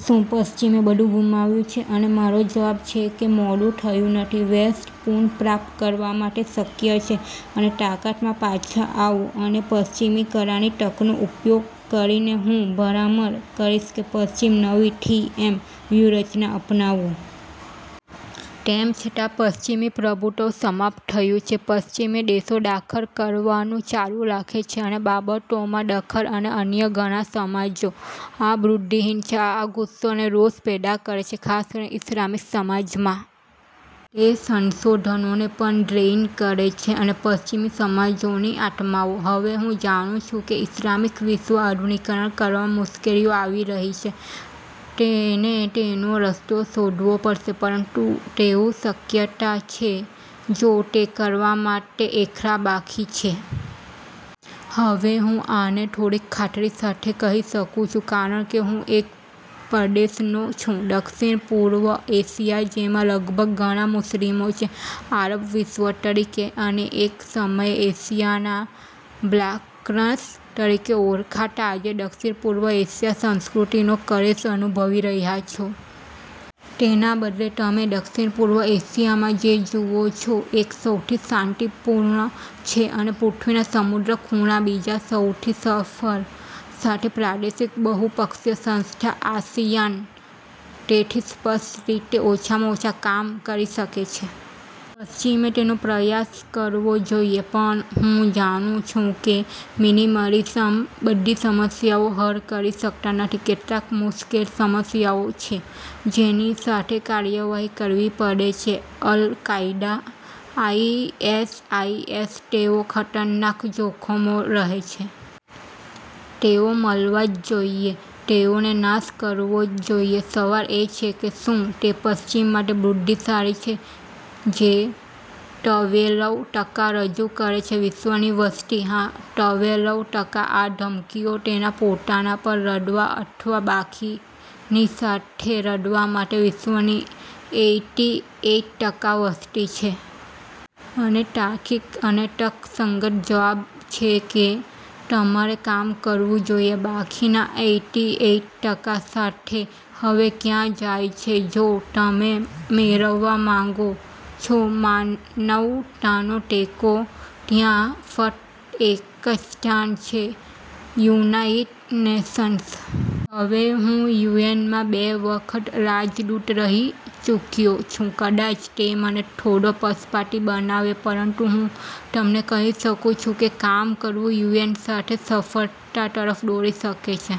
શું પશ્ચિમે બધુ ગુમાવ્યું છે? અને મારો જવાબ એ છે કે મોડું થયું નથી. વેસ્ટ પુનઃ પ્રાપ્ત કરવા માટે શક્ય છે અને તાકાતમાં પાછા આવો. અને પશ્ચિમી કલાની તર્કનો ઉપયોગ કરીને હું ભલામણ કરીશ કે પશ્ચિમ નવી "થ્રી-એમ" વ્યૂહરચના અપનાવો. તેમ છતાં પશ્ચિમી પ્રભુત્વ સમાપ્ત થયું છે. પશ્ચિમી દેશો દખલ કરવાનું ચાલુ રાખે છે અને બાબતોમાં દખલ કરો અન્ય ઘણા સમાજો. આ બુદ્ધિહીન છે. આ ગુસ્સો અને રોષ પેદા કરે છે ખાસ કરીને ઇસ્લામિક સમાજમાં. તે સંસાધનોને પણ ડ્રેઇન કરે છે અને પશ્ચિમી સમાજોની આત્માઓ. હવે હું જાણું છું કે ઇસ્લામિક વિશ્વ આધુનિકીકરણ કરવામાં મુશ્કેલીઓ આવી રહી છે. તેને તેનો રસ્તો શોધવો પડશે પરંતુ તેવું શક્યતા છે જો તે કરવા માટે એકલા બાકી છે. હવે હું આને થોડીક ખાતરી સાથે કહી શકું છું કારણ કે હું એક પ્રદેશનો છું દક્ષિણપૂર્વ એશિયા જેમાં લગભગ ઘણા મુસ્લિમો છે આરબ વિશ્વ તરીકે. અને એક સમયે એશિયાના "બાલ્કન્સ" તરીકે ઓળખાતા આજે દક્ષિણપૂર્વ એશિયા સંસ્કૃતિનો ક્લેશ અનુભવી રહ્યા છો. તેના બદલે તમે દક્ષિણપૂર્વ એશિયામાં જે જુઓ છો એક સૌથી શાંતિપૂર્ણ છે અને પૃથ્વીના સમૃદ્ધ ખૂણા બીજા સૌથી સફળ સાથે પ્રાદેશિક બહુપક્ષીય સંસ્થા, આસિયાન તેથી સ્પષ્ટ રીતે, ઓછામાં ઓછા કામ કરી શકે છે. પશ્ચિમે તેનો પ્રયાસ કરવો જોઈએ. પણ હું જાણું છું કે મિનિમલિઝમ બધી સમસ્યાઓ હલ કરી શકતા નથી. કેટલીક મુશ્કેલ સમસ્યાઓ છે જેની સાથે કાર્યવાહી કરવી પડશે, અલ કાયદા, આઈએસઆઈએસ તેઓ ખતરનાક જોખમો રહે છે. તેઓ મળવા જ જોઈએ. તેઓનો નાશ કરવો જ જોઇએ. સવાલ એ છે કે, "શું તે પશ્ચિમ માટે બુદ્ધિશાળી છે જે ટ્વેલ્વ ટકા રજૂ કરે છે વિશ્વની વસ્તી?" હા, ટ્વેલ્વ ટકા આ ધમકીઓ તેના પોતાના પર લડવા અથવા બાકીની સાથે લડવા માટે વિશ્વની એઈટી એઈટ ટકા વસ્તી? અને તાર્કિક અને તર્કસંગત જવાબ છે કે તમારે કામ કરવું જોઈએ બાકીના એઈટી એઈટ ટકા સાથે. હવે ક્યાં જાય છે જો તમે મેળવવા માંગો છો માનવતાનો ટેકો? ત્યાં ફક્ત એક જ સ્થાન છે, "યુનાઇટેડ નેશન્સ". હવે, હું યુએનમાં બે વખત રાજદૂત રહી ચૂક્યો છું. કદાચ તે મને થોડો પક્ષપાતી બનાવે પરંતુ હું તમને કહી શકું છું કે કામ કરવું યુએન સાથે સફળતા તરફ દોરી શકે છે.